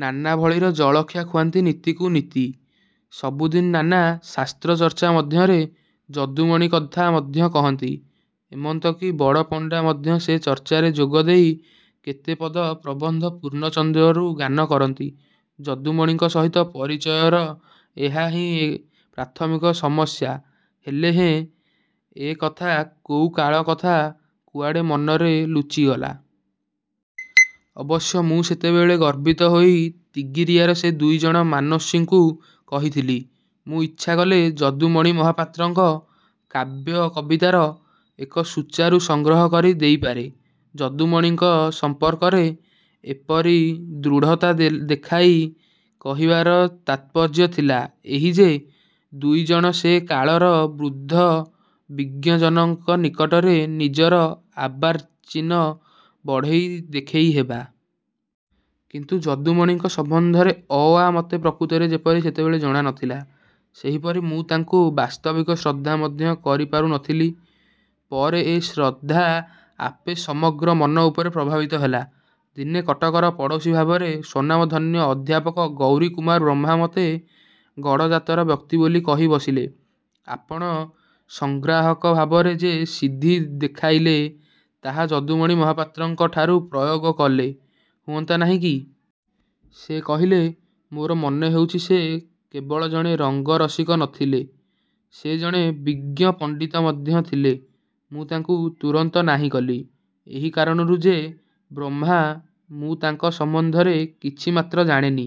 ' ନାନା ଭଳିର ଜଳଖିଆ ଖୁଆନ୍ତି ନିତିକୁ ନିତି। ସବୁଦିନ ନାନା ଶାସ୍ତ୍ରଚର୍ଚ୍ଚା ମଧ୍ୟରେ ଯଦୁମଣି କଥା ମଧ୍ୟ କହନ୍ତି। ଏମନ୍ତ କି ବଡ଼ପଣ୍ଡା ମଧ୍ୟ ସେ ଚର୍ଚ୍ଚାରେ ଯୋଗଦେଇ କେତେ ପଦ ପ୍ରବନ୍ଧ ପୂର୍ଣ୍ଣଚନ୍ଦ୍ରରୁ ଗାନ କରନ୍ତି। ଯଦୁମଣିଙ୍କ ସହିତ ପରିଚୟର ଏହା ହିଁ ପ୍ରାଥମିକ ସମସ୍ୟା ହେଲେହେଁ- ଏ କଥା କୋଉ କାଳ କଥା, କୁଆଡ଼େ ମନରେ ଲୁଚିଗଲା। ଅବଶ୍ୟ ମୁଁ ସେତେବେଳେ ଗର୍ବିତ ହୋଇ ତିଗିରିଆର ସେ ଦୁଇ ଜଣ ମନସ୍ୱୀଙ୍କୁ କହିଥିଲି-ମୁଁ ଇଚ୍ଛାକଲେ ଯଦୁମଣି ମହାପାତ୍ରଙ୍କ କାବ୍ୟ କବିତାର ଏକ ସୁଚାରୁ ସଂଗ୍ରହ କରି ଦେଇପାରେ। ଯଦୁମଣିଙ୍କ ସଂପର୍କରେ ଏପରି ଦୃଢ଼ତା ଦେଖାଇ କହିବାର ତାତ୍ପର୍ଯ୍ୟ ଥିଲା ଏହି ଯେ-ଦୁଇ ଜଣ ସେ କାଳର ବୃଦ୍ଧ ବିଜ୍ଞଜନଙ୍କ ନିକଟରେ ନିଜର ଅର୍ବାଚୀନ ବଡ଼େଇ ଦେଖେଇହେବା। କିନ୍ତୁ ଯଦୁମଣିଙ୍କ ସମ୍ବନ୍ଧରେ ଅ' ଆ' ମୋତେ ପ୍ରକୃତରେ ଯେପରି ସେତେବେଳେ ଜଣା ନ ଥିଲା, ସେପରି ମୁଁ ତାଙ୍କୁ ବାସ୍ତବିକ ଶ୍ରଦ୍ଧା ମଧ୍ୟ କରିପାରୁ ନ ଥିଲି। ପରେ ଏ ଶ୍ରଦ୍ଧା ଆପେ ସମଗ୍ର ମନ ଉପରେ ପ୍ରଭାବିତ ହେଲା। ଦିନେ କଟକର ପଡ଼ୋଶୀ ଭାବରେ ସ୍ୱନାମଧନ୍ୟ ଅଧ୍ୟାପକ ଗୌରୀକୁମାର ବ୍ରହ୍ମା ମତେ ଗଡ଼ଜାତର ବ୍ୟକ୍ତି ବୋଲି କହି ବସିଲେ-'ଆପଣ ସଂଗ୍ରାହକ ଭାବରେ ଯେ ସିଦ୍ଧି ଦେଖାଇଲେ, ତାହା ଯଦୁମଣି ମହାପାତ୍ରଙ୍କଠାରେ ପ୍ରୟୋଗ କଲେ ହୁଅନ୍ତା ନାହିଁ କି? ' ସେ କହିଲେ-'ମୋର ମନେ ହେଉଛି ସେ କେବଳ ଜଣେ ରଙ୍ଗରସିକ ନ ଥିଲେ, ସେ ଜଣେ ବିଜ୍ଞ ପଣ୍ଡିତ ମଧ୍ୟ ଥିଲେ। ' ମୁଁ ତାଙ୍କୁ ତୁରନ୍ତ ନାହିଁ କଲି ଏହି କାରଣରୁ ଯେ- 'ବ୍ରହ୍ମା, ମୁଁ ତାଙ୍କ ସମ୍ବନ୍ଧରେ କିଛି ମାତ୍ର ଜାଣେନି।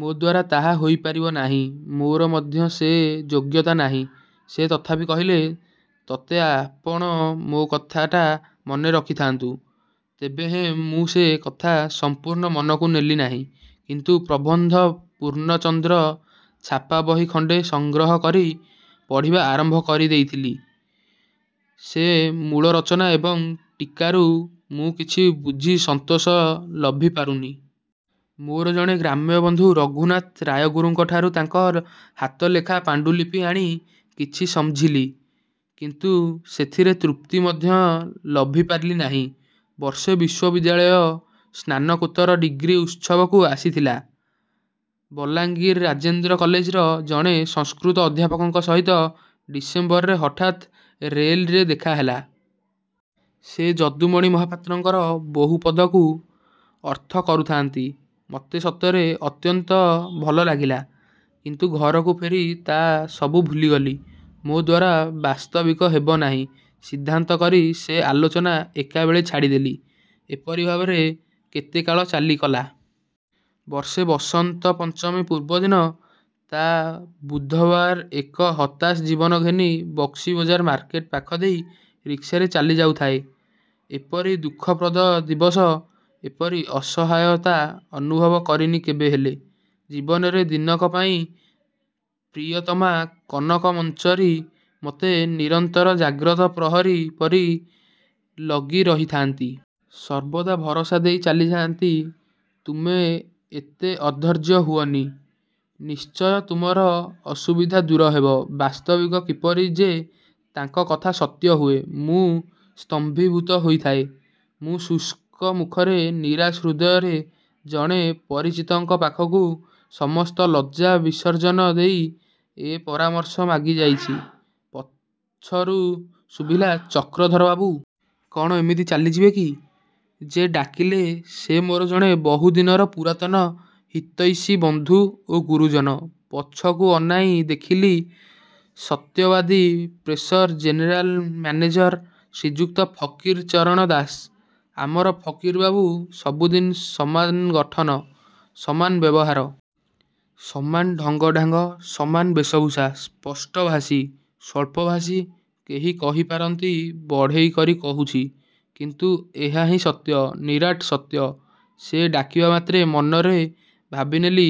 ମୋଦ୍ୱାରା ତାହା ହୋଇପାରିବ ନାହିଁ। ମୋର ମଧ୍ୟ ସେ ଯୋଗ୍ୟତା ନାହିଁ। ' ସେ ତଥାପି କହିଲେ-'ତେବେ ଆପଣ ମୋ କଥାଟା ମନେ ରଖିଥାନ୍ତୁ। ' ତେବେହେଁ ମୁଁ ସେ କଥା ସଂପୂର୍ଣ୍ଣ ମନକୁ ନେଲି ନାହିଁ। କିନ୍ତୁ ''ପ୍ରବନ୍ଧ ପୂର୍ଣ୍ଣଚନ୍ଦ୍ର" ଛାପା ବହି ଖଣ୍ଡେ ସଂଗ୍ରହ କରି ପଢ଼ିବା ଆରମ୍ଭ କରି ଦେଖିଲି ସେ ମୂଳ ରଚନା ଏବଂ ଟୀକାରୁ ମୁଁ କିଛି ବୁଝି ସନ୍ତୋଷ ଲଭି ପାରୁନି। ମୋର ଜଣେ ଗ୍ରାମ୍ୟ ବନ୍ଧୁ ରଘୁନାଥ ରାୟଗୁରୁଙ୍କଠାରୁ ତାଙ୍କ ହାତଲେଖା ପାଣ୍ଡୁଲିପି ଆଣି କିଛି ସମଝିଲି, କିନ୍ତୁ ସେଥିରେ ତୃପ୍ତି ମଧ୍ୟ ଲଭିପାରିଲି ନାହିଁ। ବର୍ଷେ ବିଶ୍ୱବିଦ୍ୟାଳୟ ସ୍ନାତକୋତ୍ତର ଡ଼ିଗ୍ରୀ ଉତ୍ସବକୁ ଆସିଥିବା ବଲାଙ୍ଗିର ରାଜେନ୍ଦ୍ର କଲେଜର ଜଣେ ସଂସ୍କୃତ ଅଧ୍ୟାପକଙ୍କ ସହିତ ଡିସେମ୍ବର ରେ ହଠାତ୍ ରେଲରେ ଦେଖାହେଲା। ସେ ଯଦୁମଣି ମହାପାତ୍ରଙ୍କର ବହୁ ପଦକୁ ଏପରି ଅର୍ଥ କରୁଥାନ୍ତି, ମତେ ସତରେ ଅତ୍ୟନ୍ତ ଭଲ ଲାଗିଲା-। କିନ୍ତୁ ଘରକୁ ଫେରି ତା' ସବୁ ଭୁଲିଗଲି। ମୋଦ୍ୱାରା ବାସ୍ତବିକ୍ ହେବ ନାହିଁ ସିଦ୍ଧାନ୍ତ କରି ସେ ଆଲୋଚନା ଏକାବେଳେ ଛାଡିଦେଲି। ଏପରି ଭାବରେ କେତେକାଳ ଚାଲିକଲା। ବର୍ଷେ ବସନ୍ତ ପଞ୍ଚମୀ ପୂର୍ବଦିନ ତା −− ବୁଧବାର ଏକ ହତାଶ ଜୀବନ ଘେନି ବକ୍ସିବଜାର ମାର୍କେଟ ପାଖ ଦେଇ ରିକ୍ସାରେ ଚାଲିଯାଉଥାଏ। ଏପରି ଦୁଃଖପ୍ରଦ ଦିବସ, ଏପରି ଅସହାୟତା ଅନୁଭବ କରିନି କେବେହେଲେ ଜୀବନରେ ଦିନକ ପାଇଁ। ପ୍ରିୟତମା କନକ ମଞ୍ଜରୀ ମୋତେ ନିରନ୍ତର ଜାଗ୍ରତ ପ୍ରହରୀ ପରି ଜଗି ରହିଥାନ୍ତି। ସର୍ବଦା ଭରସା ଦେଇ ଚାଲିଥାନ୍ତି-'ତୁମେ ଏତେ ଅଧୈର୍ଯ୍ୟ ହୁଅନି, ନିଶ୍ଚୟ ତୁମର ଅସୁବିଧା ଦୂର ହେବ। ' ବାସ୍ତବିକ କିପରି ଯେ ତାଙ୍କ କଥା ସତ୍ୟ ହୁଏ, ମୁଁ ସ୍ତମ୍ଭୀଭୁତ ହୋଇଥାଏ। ମୁଁ ଶୁଷ୍କ ମୁଖରେ ନିରାଶ ହୃଦୟରେ ଜଣେ ପରିଚିତଙ୍କ ପାଖକୁ ସମସ୍ତ ଲଜ୍ଜା ବିସର୍ଜନ ଦେଇ ଏକ ପରାମର୍ଶ ମାଗି ଯାଉଛି, ପଛରୁ ଶୁଭିଲା- 'ଚକ୍ରଧର ବାବୁ। କ'ଣ ଏମିତି ଚାଲିଯିବେ କି? ' -ଯେ ଡାକିଲେ ସେ ମୋର ଜଣେ ବହୁଦିନର ପୁରାତନ ହିତୈଷୀ ବନ୍ଧୁ ଓ ଗୁରୁଜନ। ପଛକୁ ଅନାଇଁ ଦେଖିଲି ସତ୍ୟବାଦୀ ପ୍ରେସର ଜେନେରାଲ ମ୍ୟାନେଜର ଶ୍ରୀଯୁକ୍ତ ଫକୀରଚରଣ ଦାସ। ଆମର ଫକୀର ବାବୁ। ସବୁଦିନେ ସମାନ ଗଠନ। ସମାନ ବ୍ୟବହାର। ସମାନ ଢଙ୍ଗଢ଼ାଙ୍ଗ। ସମାନ ବେଶଭୂଷା। ସ୍ପଷ୍ଟଭାଷୀ। ସ୍ୱଳ୍ପଭାଷୀ। କେହି କହିପାରନ୍ତି ବଢ଼େଇ କରି କହୁଛି। କିନ୍ତୁ ଏହା ହିଁ ସତ୍ୟ-ନିରାଟ ସତ୍ୟ। ସେ ଡାକିବା ମାତ୍ରେ ମନରେ ଭାବିନେଲି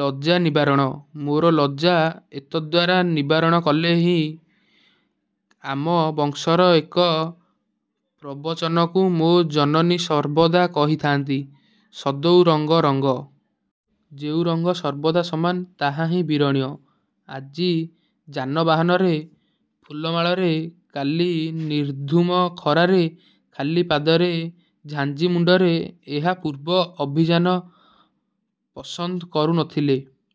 'ଲଜ୍ଜା−ନିବାରଣ' ମୋର ଲଜ୍ଜା ଏତଦ୍ଦ୍ୱାରା ନିବାରଣ କଲେ କି-? ଆମ ବଂଶର ଏକ ପ୍ରବଚନକୁ ମୋ ଜନନୀ ସର୍ବଦା କହିଥାନ୍ତି-'ସଦୈ ରଙ୍ଗ ରଙ୍ଗ। ' ଯେଉଁ ରଙ୍ଗ ସର୍ବଦା ସମାନ ତାହା ହିଁ ବିରଣୀୟ। ଆଜି ଯାନବାହନରେ ଫୁଲମାଳରେ, କାଲି ନିର୍ଧୂମ ଖରାରେ ଖାଲି ପାଦରେ ଝାମ୍ପି ମୁଣ୍ଡରେ, ଏହା ପୂର୍ବ ଅଭିଜାତ ପସନ୍ଦ କରୁ ନ ଥିଲେ।